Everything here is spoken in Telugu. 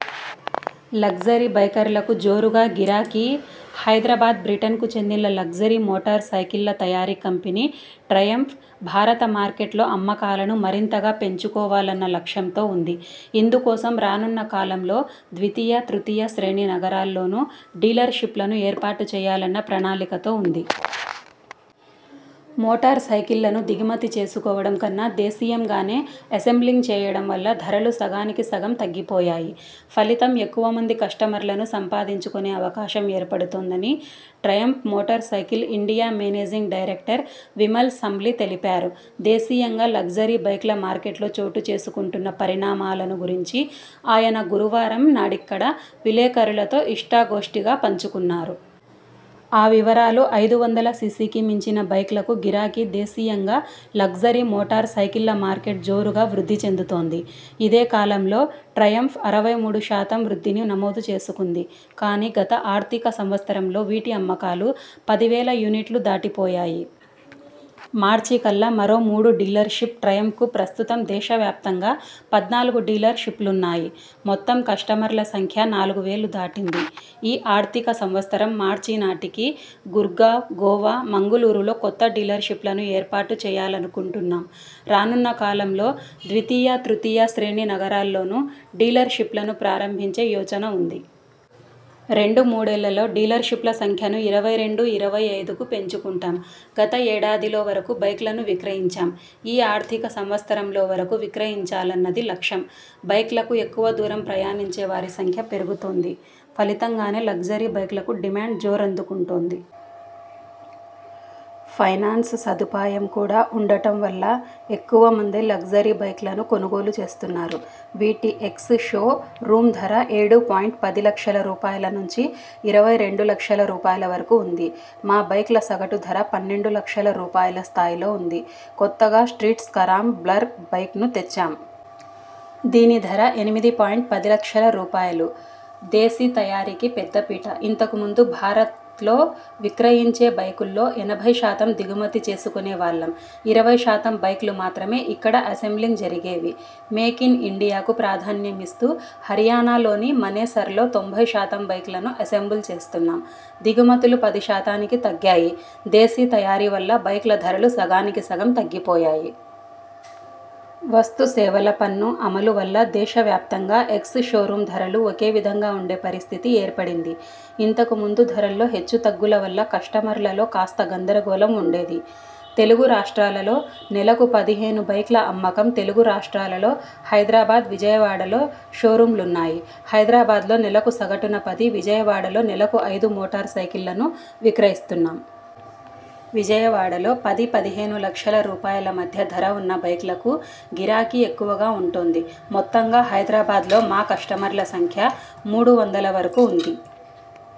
లగ్జరీ బైకర్లకు జోరుగా గిరాకీ హైదరాబాద్ బ్రిటన్కు చెందిన లగ్జరీ మోటార్ సైకిల్ల్ల తయారీ కంపెనీ ట్రయంఫ్, భారత మార్కెట్లో అమ్మకాలను మరింతగా పెంచుకోవాలన్న లక్ష్యంతో ఉంది. ఇందు కోసం రానున్న కాలంలో ద్వితీయ, తృతీయ శ్రేణి నగరాల్లోనూ డీలర్ షిప్లను ఏర్పాటు చేయాలన్న ప్రణాళికలతో ఉంది. మోటార్ సైకిళ్ల ను దిగుమతి చేసుకోవడం కన్నా దేశీయం గానే అసెంబ్లింగ్ చేయడం వల్ల ధరలు సగానికి సగం తగ్గి పోయాయి. ఫలితంగా ఎక్కువ మంది కస్టమర్లను సంపాదించుకునే అవకాశం ఏర్పడుతోందని Triumph motorcycle India managing director Vimal Sambli తెలిపారు. దేశీయంగా లగ్జరీ బైక్ల మార్కెట్లో చోటు చేసుకుంటున్న పరిణామాలను గురించి ఆయన గురువారం నాడిక్కడ విలేకరులతో ఇష్టా గోష్టిగా పంచుకున్నారు. ఆ వివరాలు, ఐదు వందల సిసికి మించిన బైక్లకు గిరాకీ దేశీయంగా లగ్జరీ మోటార్ సైకిళ్ళ మార్కెట్ జోరుగా వృద్ధి చెందుతోంది. ఇదే కాలంలో ట్రయంఫ్ అరవై మూడు శాతం వృద్ధిని నమోదు చేసుకుంది. కానీ గత ఆర్థిక సంవత్సరంలో వీటి అమ్మకాలు పది వేల యూనిట్లు దాటి పోయాయి. మార్చి కల్లా మరో మూడు డీలర్ షిప్ ట్రయంఫ్‌కు ప్రస్తుతం దేశ వ్యాప్తంగా పద్నాలుగు డీలర్ షిప్లున్నాయి. మొత్తం కస్టమర్ల సంఖ్య నాలుగు వేలు దాటింది. ఈ ఆర్థిక సంవత్సరం మార్చి నాటికి గుర్గావ్, గోవా, మంగుళూరులో కొత్త డీలర్ షిప్లను ఏర్పాటు చేయాలనుకుంటున్నాం. రానున్న కాలంలో ద్వితీయ, తృతీయ శ్రేణి నగరాల్లోనూ డీలర్ షిప్లను ప్రారంభించే యోచన ఉంది. రెండు మూడేళ్లలో డీలర్ షిప్ల సంఖ్యను ఇరవై రెండు, ఇరవై ఐదుకు పెంచుకుంటాం గత ఏడాదిలో వరకు బైక్లను విక్రయించాం. ఈ ఆర్థిక సంవత్సరంలో వరకు విక్రయించాలన్నది లక్ష్యం. బైక్లకు ఎక్కువ దూరం ప్రయాణించే వారి సంఖ్య పెరుగుతోంది. ఫలితం గానే లగ్జరీ బైక్లకు డిమాండ్ జోరందు కుంటోంది. ఫైనాన్స్ సదు పాయం కూడా ఉండటం వల్ల ఎక్కువ మంది లగ్జరీ బైక్లను కొనుగోలు చేస్తున్నారు. వీటి ఎక్స్ షో రూమ్ ధర ఏడు పాయింట్ పది లక్షల రూపాయల నుంచి ఇరవై రెండు లక్షల రూపాయల వరకు ఉంది మా బైక్ల సగటు ధర పన్నెండు లక్షల రూపాయల స్థాయిలో ఉంది కొత్తగా స్ట్రీట్ స్కరామ్ బ్లర్ బైక్ను తెచ్చాం. దీని ధర ఎనిమిది పాయింట్ పది లక్షల రూపాయలు దేశీ తయారీకి పెద్దపీట ఇంతకు ముందు భారత్లో విక్రయించే బైకుల్లో ఎనభై శాతం దిగుమతి చేసుకునే వాళ్లం ఇరవై శాతం బైక్లు మాత్రమే ఇక్కడ అసెంబ్లింగ్ జరిగేవి మేక్ ఇన్ ఇండియాకు ప్రాధాన్యం ఇస్తూ హర్యానాలోని మనేసర్లో తొంభై శాతం బైక్లను అసెంబుల్ చేస్తున్నాం దిగుమతులు పది శాతానికి తగ్గాయి దేశీ తయారీ వల్ల బైక్ల ధరలు సగానికి సగం తగ్గి పోయాయి. వస్తు సేవల పన్ను అమలు వల్ల దేశ వ్యాప్తంగా ఎక్స్ షో రూమ్ ధరలు ఒకే విధంగా ఉండే పరిస్థితి ఏర్పడింది. ఇంతకు ముందు ధరల్లో హెచ్చు తగ్గుల వల్ల కస్టమర్ల లో కాస్త గందర గోళం ఉండేది. తెలుగు రాస్ట్రాలలో నెలకు పదిహేను బైక్ల అమ్మకం తెలుగు రాస్ట్రాలలో హైదరాబాద్, విజయవాడలో షోరూమ్లున్నాయి హైదరాబాద్లో నెలకు సగటున పది, విజయవాడలో నెలకు ఐదు మోటార్ సైకిళ్లను విక్రయిస్తున్నాం. విజయవాడలో పది, పదిహేను లక్షల రూపాయల మధ్య ధర ఉన్న బైక్లకు గిరాకీ ఎక్కువగా ఉంటోంది. మొత్తంగా హైదరాబాద్లో మా కస్టమర్ల సంఖ్య మూడు వందల వరకు ఉంది.